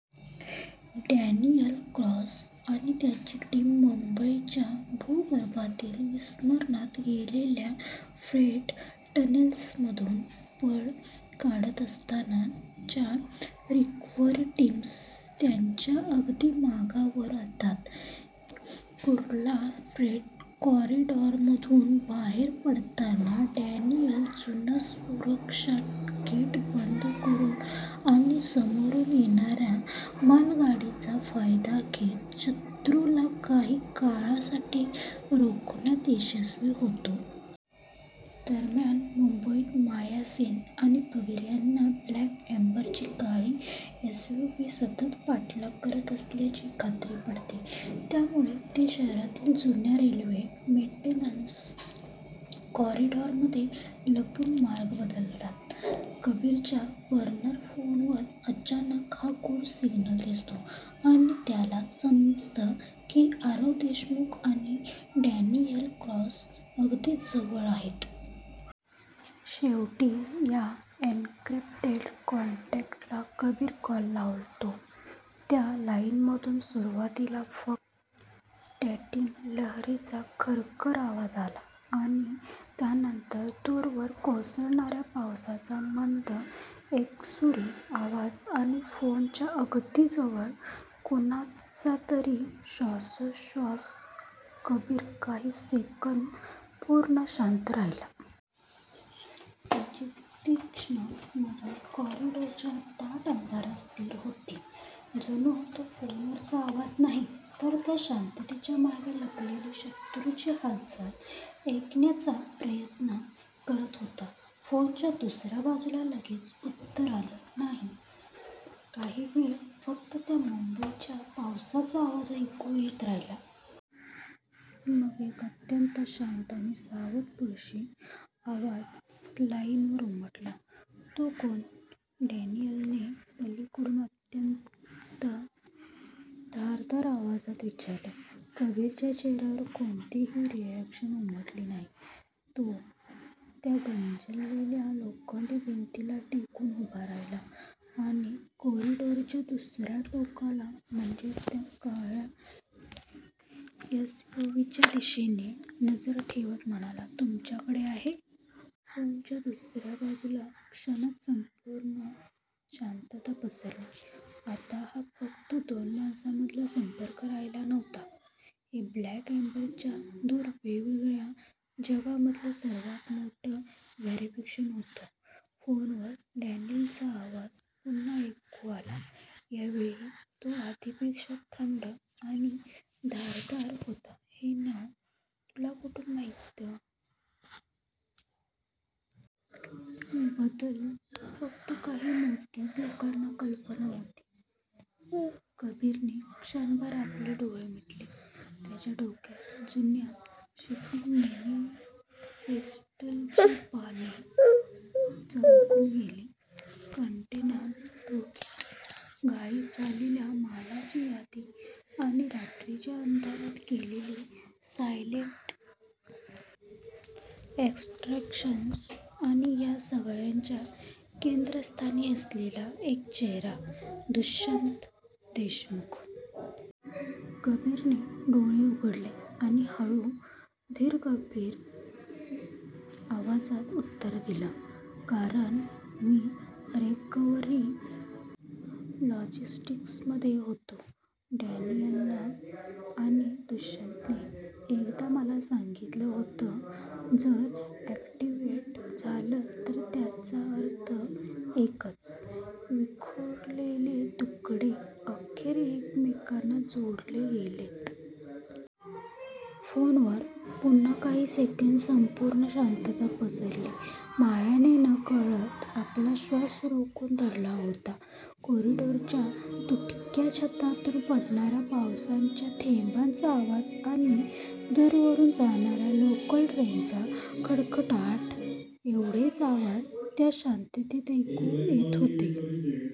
Daniel Cross आणि त्याची team मुंबईच्या भूगर्भातील विस्मरणात गेलेल्या फ्रेट टनेल्समधून पळ काढत असताना च्या रिकव्हरी टीम्स त्यांच्या अगदी मागावर येतात. कुर्ला फ्रेट कॉरिडॉरमधून बाहेर पडताना डॅनियल जुनं सुरक्षा गेट बंद करून आणि समोरून येणाऱ्या मालगाडीचा फायदा घेत शत्रूला काही काळासाठी रोखण्यात यशस्वी होतो. दरम्यान मुंबईत माया सेन आणि कबीर यांना ब्लॅक एम्बरची काळी एसयूव्ही सतत पाठलाग करत असल्याची खात्री पटते, त्यामुळे ते शहरातील जुन्या रेल्वे मेंटेनन्स कॉरिडॉरमध्ये लपून मार्ग बदलतात. कबीरच्या बर्नर फोनवर अचानक हा गूढ सिग्नल दिसतो आणि त्याला समजतं की आरव देशमुख आणि डॅनियल क्रॉस अगदी जवळ आहेत. शेवटी या एन्क्रिप्टेड कॉन्टॅक्टला कबीर कॉल लावतो. त्या लाईनमधून सुरुवातीला फक्त स्टॅटिक लहरींचा खरखर आवाज आला आणि त्यानंतर दूरवर कोसळणाऱ्या पावसाचा मंद, एकसुरी आवाज आणि फोनच्या अगदी जवळ कुणाचातरी श्वासोच्छवास कबीर काही सेकंद पूर्ण शांत राहिला. त्याची तीक्ष्ण नजर कॉरिडॉरच्या दाट अंधारात स्थिर होती. जणू तो फोनवरचा आवाज नाही, तर त्या शांततेच्या मागे लपलेली शत्रूची हालचाल ऐकण्याचा प्रयत्न करत होता. फोनच्या दुसऱ्या बाजूला लगेच उत्तर आलं नाही. काही वेळ फक्त त्या मुंबईच्या पावसाचा आवाज ऐकू येत राहिला. मग एक अत्यंत शांत आणि सावध पुरुषी आवाज लाईनवर उमटला. "तू कोण? " डॅनियलने पलीकडून अत्यंत धारदार आवाजात विचारले. कबीरच्या चेहऱ्यावर कोणतीही रिएक्शन उमटली नाही. तो त्या गंजलेल्या लोखंडी भिंतीला टेकून उभा राहिला आणि कॉरिडॉरच्या दुसऱ्या टोकाला, म्हणजेच त्या काळ्या एसयूव्हीच्या दिशेने नजर ठेवत म्हणाला तुमच्याकडे आहे. फोनच्या दुसऱ्या बाजूला क्षणात संपूर्ण शांतता पसरली. आता हा फक्त दोन माणसांमधला संपर्क राहिला नव्हता. हे 'ब्लॅक एम्बर'च्या दोन वेगवेगळ्या जगांमधलं सर्वात मोठं व्हेरिफिकेशन होतं. फोनवर डॅनियलचा आवाज पुन्हा ऐकू आला. या वेळी तो आधीपेक्षा थंड आणि धारदार होता, "हे नाव तुला कुठून माहित? बद्दल फक्त काही मोजक्याच लोकांना कल्पना होती." कबीरने क्षणभर आपले डोळे मिटले. त्याच्या डोक्यात जुन्या शिपिंग मॅनिफेस्ट्सची पाने चमकून गेली. कंटेनर रूट्स, गायब झालेल्या मालाची यादी आणि रात्रीच्या अंधारात केलेली सायलेंट एक्स्ट्रॅक्शन्स आणि या सगळ्याच्या केंद्रस्थानी असलेला एक चेहरा दुष्यंत देशमुख. कबीरने डोळे उघडले आणि हळू, धीरगंभीर आवाजात उत्तर दिलं, "कारण मी रिकव्हरी लॉजिस्टिक्स मध्ये होतो, डॅनियल. आणि दुष्यंतने एकदा मला सांगितलं होतं जर अॅक्टिव्हेट झालं "तर त्याचा अर्थ एकच विखुरलेले तुकडे अखेर एकमेकांना जोडले गेलेत." फोनवर पुन्हा काही सेकंद संपूर्ण शांतता पसरली. मायाने नकळत आपला श्वास रोखून धरला होता. कॉरिडॉरच्या तुटक्या छतातून पडणाऱ्या पावसाच्या थेंबांचा आवाज आणि दूरवरून जाणाऱ्या लोकल ट्रेनचा खडखडाट एवढेच आवाज त्या शांततेत ऐकू येत होते.